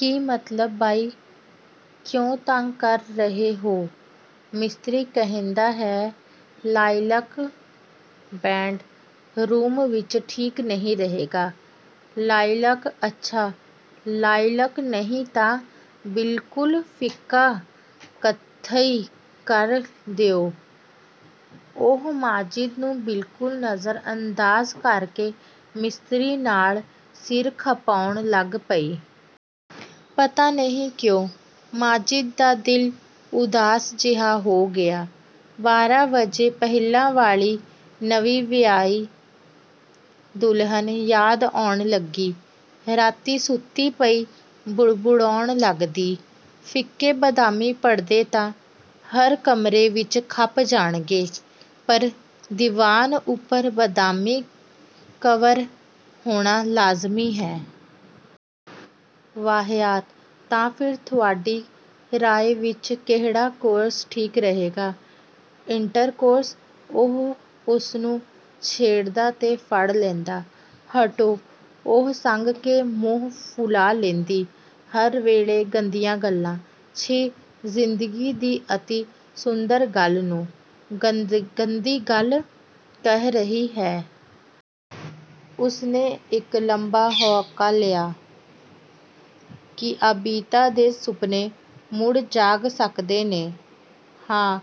"ਕੀ ਮਤਲਬ?" "ਬਈ, ਕਿਉਂ ਤੰਗ ਕਰ ਰਹੇ ਹੋ? ਮਿਸਤਰੀ ਕਹਿੰਦਾ ਹੈ ਲਾਈਲਾਕ ਬੈੱਡ ਰੂਮ ਵਿੱਚ ਠੀਕ ਨਹੀਂ ਰਹੇਗਾ।" "ਲਾਈਲਾਕ?" "ਅੱਛਾ ਲਾਈਲਾਕ ਨਹੀਂ ਤਾਂ ਬਿਲਕੁਲ ਫਿੱਕਾ ਕਥਈ ਕਰ ਦਿਓ।" ਉਹ ਮਾਜਿਦ ਨੂੰ ਬਿਲਕੁਲ ਨਜ਼ਰਅੰਦਾਜ਼ ਕਰਕੇ ਮਿਸਤਰੀ ਨਾਲ ਸਿਰ ਖਪਾਉਣ ਲੱਗ ਪਈ। ਪਤਾ ਨਹੀਂ ਕਿਉਂ ਮਾਜਿਦ ਦਾ ਦਿਲ ਉਦਾਸ ਜਿਹਾ ਹੋ ਗਿਆ। ਬਾਰਾਂ ਵਰ੍ਹੇ ਪਹਿਲਾਂ ਵਾਲੀ ਨਵੀਂ ਵਿਆਹੀ ਦੁਲਹਨ ਯਾਦ ਆਉਣ ਲੱਗੀ। ਰਾਤੀਂ ਸੁੱਤੀ ਪਈ ਬੁੜਬੁੜਾਉਣ ਲੱਗਦੀ "ਫਿੱਕੇ ਬਦਾਮੀ ਪਰਦੇ ਤਾਂ ਹਰ ਕਮਰੇ ਵਿੱਚ ਖਪ ਜਾਣਗੇ, ਪਰ ਦੀਵਾਨ ਉੱਪਰ ਬਦਾਮੀ ਕਵਰ ਹੋਣਾ ਲਾਜ਼ਮੀ ਹੈ।" "ਵਾਹਯਾਤ!" "ਤਾਂ ਫਿਰ ਤੁਹਾਡੀ ਰਾਏ ਵਿੱਚ ਕਿਹੜਾ ਕੋਰਸ ਠੀਕ ਰਹੇਗਾ?" "ਇੰਟਰਕੋਰਸ।" ਉਹ ਉਸਨੂੰ ਛੇੜਦਾ ਤੇ ਫੜ੍ਹ ਲੈਂਦਾ। "ਹਟੋ!" ਉਹ ਸੰਗ ਕੇ ਮੂੰਹ ਫੁਲਾ ਲੈਂਦੀ, "ਹਰ ਵੇਲੇ ਗੰਦੀਆਂ ਗੱਲਾਂ। ਛੀ--" "ਜ਼ਿੰਦਗੀ ਦੀ ਅਤਿ ਸੁੰਦਰ ਗੱਲ ਨੂੰ, ਗੰਦੀ ਗੱਲ ਕਹਿ ਰਹੀ ਹੈਂ!" ਉਸਨੇ ਇੱਕ ਲੰਮਾ ਹਾਉਕਾ ਲਿਆ। ਕੀ ਆਬਿਦਾ ਦੇ ਸੁਪਨੇ ਮੁੜ ਜਾਗ ਸਕਦੇ ਨੇ? "ਹਾਂ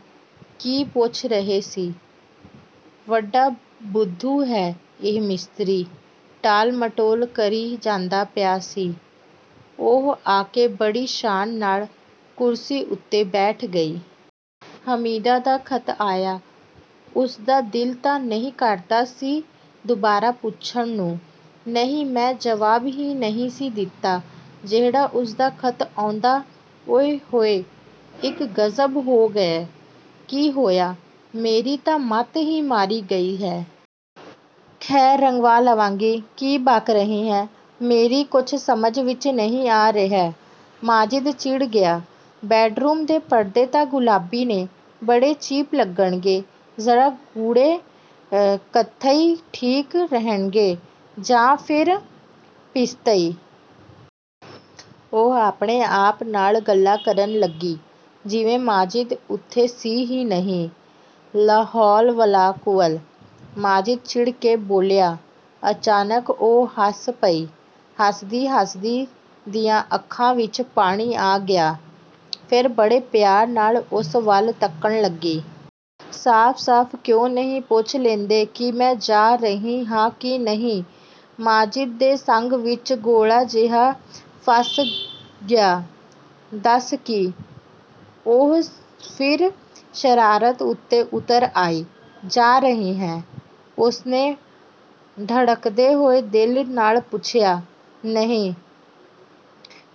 ਕੀ ਪੁੱਛ ਰਹੇ ਸੀ? ਬੜਾ ਬੁੱਧੂ ਹੈ ਇਹ ਮਿਸਤਰੀ। ਟਾਲ-ਮਟੋਲ ਕਰੀ ਜਾਂਦਾ ਪਿਆ ਸੀ।" ਉਹ ਆ ਕੇ ਬੜੀ ਸ਼ਾਨ ਨਾਲ ਕੁਰਸੀ ਉੱਤੇ ਬੈਠ ਗਈ। "ਹਮੀਦਾ ਦਾ ਖ਼ਤ ਆਇਆ?" ਉਸਦਾ ਦਿਲ ਤਾਂ ਨਹੀਂ ਕਰਦਾ ਸੀ ਦੁਬਾਰਾ ਪੁੱਛਣ ਨੂੰ। "ਨਹੀਂ, ਮੈਂ ਜਵਾਬ ਹੀ ਨਹੀਂ ਸੀ ਦਿੱਤਾ, ਜਿਹੜਾ ਉਸਦਾ ਖ਼ਤ ਆਉਂਦਾ। ਉਇ-ਹੋਇ-- ਇੱਕ ਗ਼ਜ਼ਬ ਹੋ ਗਿਆ!" "ਕੀ ਹੋਇਆ?" "ਮੇਰੀ ਤਾਂ ਮੱਤ ਹੀ ਮਾਰੀ ਗਈ ਹੈ। ਖੈਰ, ਰੰਗਵਾ ਲਵਾਂਗੀ।" "ਕੀ ਬਕ ਰਹੀ ਹੈਂ, ਮੇਰੀ ਕੁਝ ਸਮਝ ਵਿੱਚ ਨਹੀਂ ਆ ਰਿਹਾ।" ਮਾਜਿਦ ਚਿੜ ਗਿਆ। "ਬੈੱਡ-ਰੂਮ ਦੇ ਪਰਦੇ ਤਾਂ ਗੁਲਾਬੀ ਨੇ। ਬੜੇ ਚੀਪ ਲੱਗਣਗੇ। ਜ਼ਰਾ ਗੂੜ੍ਹੇ ਕਥਈ ਠੀਕ ਰਹਿਣਗੇ ਜਾਂ ਫਿਰ ਪਿਸਤੇਈ।" ਉਹ ਆਪਣੇ ਆਪ ਨਾਲ ਗੱਲਾਂ ਕਰਨ ਲੱਗੀ, ਜਿਵੇਂ ਮਾਜਿਦ ਉੱਥੇ ਸੀ ਹੀ ਨਹੀਂ। "ਲਾਹੌਲ-ਵਲਾ-ਕੂਵੱਤ।" ਮਾਜਿਦ ਚਿੜ ਕੇ ਬੋਲਿਆ। ਅਚਾਨਕ ਉਹ ਹੱਸ ਪਈ। ਹੱਸਦੀ-ਹੱਸਦੀ ਦੀਆਂ ਅੱਖਾਂ ਵਿੱਚ ਪਾਣੀ ਆ ਗਿਆ। ਫਿਰ ਬੜੇ ਪਿਆਰ ਨਾਲ ਉਸ ਵੱਲ ਤੱਕਣ ਲੱਗੀ। "ਸਾਫ-ਸਾਫ ਕਿਉਂ ਨਹੀਂ ਪੁੱਛ ਲੈਂਦੇ ਕਿ ਮੈਂ ਜਾ ਰਹੀ ਹਾਂ ਕਿ ਨਹੀਂ?" ਮਾਜਿਦ ਦੇ ਸੰਘ ਵਿੱਚ ਗੋਲਾ ਜਿਹਾ ਫਸ ਗਿਆ। "ਦੱਸ--" "ਕੀ?" ਉਹ ਫਿਰ ਸ਼ਰਾਰਤ ਉੱਤੇ ਉਤਰ ਆਈ। "ਜਾ ਰਹੀ ਹੈਂ?" ਉਸਨੇ ਧੜਕਦੇ ਹੋਏ ਦਿਲ ਨਾਲ ਪੁੱਛਿਆ। "ਨਹੀਂ।"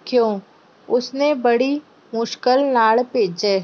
"ਕਿਉਂ?" ਉਸਨੇ ਬੜੀ ਮੁਸ਼ਕਲ ਨਾਲ ਭਿੰਚੇ।